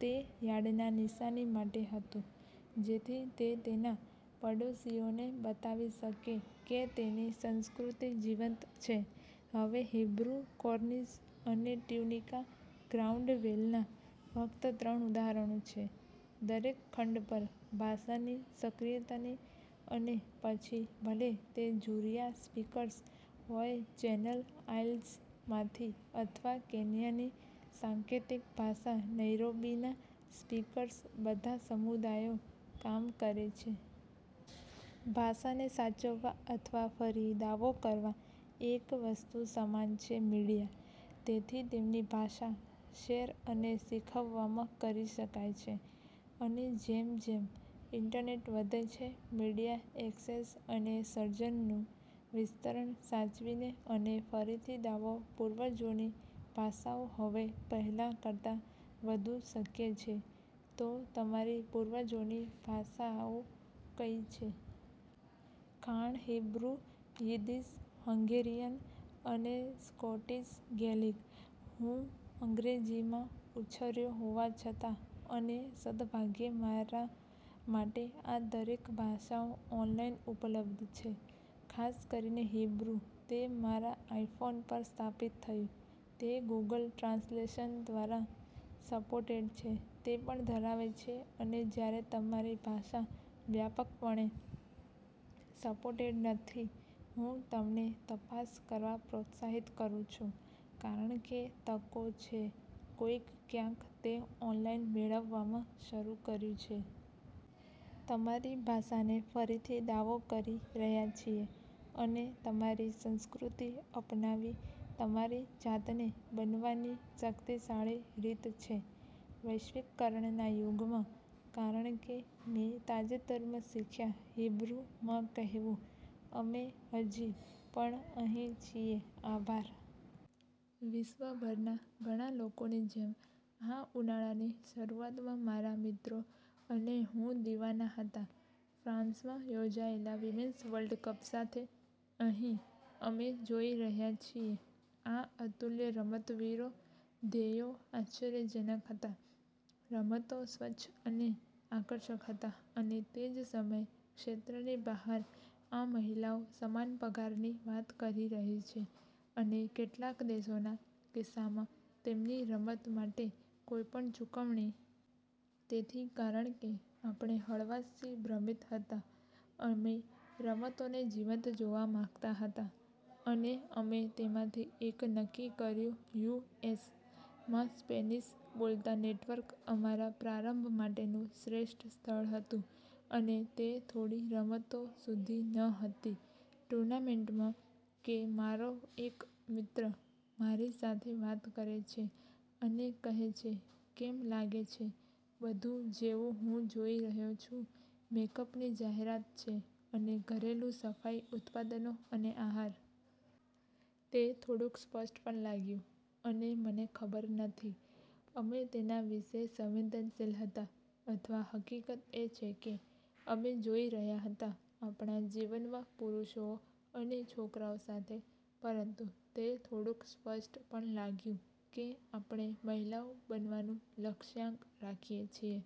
તે યાર્ડના નિશાની માટે હતું, જેથી તે તેના પડોશીઓને બતાવી શકે કે તેની સંસ્કૃતિ જીવંત છે. હવે હીબ્રુ, કોર્નિશ અને ટ્યુનિકા ગ્રાઉન્ડવેલના ફક્ત ત્રણ ઉદાહરણો છે. દરેક ખંડ પર ભાષાની સક્રિયતાની અને પછી ભલે તે જુરીયા સ્પીકર્સ હોય ચેનલ આઇલ્સમાંથી અથવા કેન્યાની સાંકેતિક ભાષા નૈરોબીના સ્પીકર્સ બધા સમુદાયો કામ કરે છે. ભાષાને સાચવવા અથવા ફરી દાવો કરવા એક વસ્તુ સમાન છે મીડિયા, તેથી તેમની ભાષા શેર અને શીખવવામાં કરી શકાય છે અને જેમ જેમ ઇન્ટરનેટ વધે છે.મીડિયા એક્સેસ અને સર્જનનું વિસ્તરણ, સાચવીને અને ફરીથી દાવો પૂર્વજોની ભાષાઓ હવે પહેલાં કરતાં વધુ શક્ય છે, તો તમારી પૂર્વજોની ભાષાઓ કઈ છે? ખાણ હીબ્રુ, યિદ્દિશ, હંગેરિયન અને સ્કોટિશ ગેલિક, હું અંગ્રેજીમાં ઉછર્યો હોવા છતાં અને સદભાગ્યે મારા માટેઆ દરેક ભાષાઓ ઓનલાઇન ઉપલબ્ધ છે. ખાસ કરીને હીબ્રુ તે મારા આઇફોન પર સ્થાપિત થયું, તે ગૂગલ ટ્રાન્સલેશન દ્વારા સપોર્ટેડ છે, તે પણ ધરાવે છે અને જ્યારે તમારી ભાષા વ્યાપકપણે સપોર્ટેડ નથી હું તમને તપાસ કરવા પ્રોત્સાહિત કરું છું, કારણ કે તકો છે, કોઈક, ક્યાંક, તે ઓનલાઇન મેળવવામાં શરૂ કર્યું છે. તમારી ભાષાને ફરીથી દાવો કરી રહ્યા છીએ અને તમારી સંસ્કૃતિ અપનાવી તમારી જાતને બનવાની શક્તિશાળી રીત છે વૈશ્વિકરણના યુગમાં, કારણ કે મેં તાજેતરમાં શીખ્યા હીબ્રુ માં કહેવું, અમે હજી પણ અહીં છીએ. આભાર. વિશ્વભરના ઘણા લોકોની જેમ, આ ઉનાળાની શરૂઆતમાં મારા મિત્રો અને હું દિવાના હતા ફ્રાન્સમાં યોજાયેલા વિમેન્સ વર્લ્ડ કપ સાથે. અહીં અમે જોઈ રહ્યા છીએ આ અતુલ્ય રમતવીરો, ધ્યેયો આશ્ચર્યજનક હતા, રમતો સ્વચ્છ અને આકર્ષક હતા, અને તે જ સમયે, ક્ષેત્રની બહાર, આ મહિલાઓ સમાન પગારની વાત કરી રહી છે, અને કેટલાક દેશોના કિસ્સામાં, તેમની રમત માટે કોઈપણ ચૂકવણી. તેથી, કારણ કે આપણે હળવાશથી ભ્રમિત હતા, અમે રમતોને જીવંત જોવા માંગતા હતા, અને અમે તેમાંથી એક નક્કી કર્યું યુ. એસ. માં સ્પેનિશ બોલતા નેટવર્ક અમારા પ્રારંભ માટેનું શ્રેષ્ઠ સ્થળ હતું. અને તે થોડી રમતો સુધી ન હતી ટૂર્નામેન્ટમાં કે મારો એક મિત્ર મારી સાથે વાત કરે છે અને કહે છે, "કેમ લાગે છે બધું જેવું હું જોઈ રહ્યો છું મેકઅપની જાહેરાત છે અને ઘરેલું સફાઈ ઉત્પાદનો અને આહાર? " તે થોડુંક સ્પષ્ટ પણ લાગ્યું, અને મને ખબર નથી અમે તેના વિશે સંવેદનશીલ હતા અથવા હકીકત એ છે કે અમે જોઈ રહ્યા હતા આપણા જીવનમાં પુરુષો અને છોકરાઓ સાથે, પરંતુ તે થોડુંક સ્પષ્ટ પણ લાગ્યું કે આપણે મહિલાઓ બનવાનું લક્ષ્યાંક રાખીએ છીએ.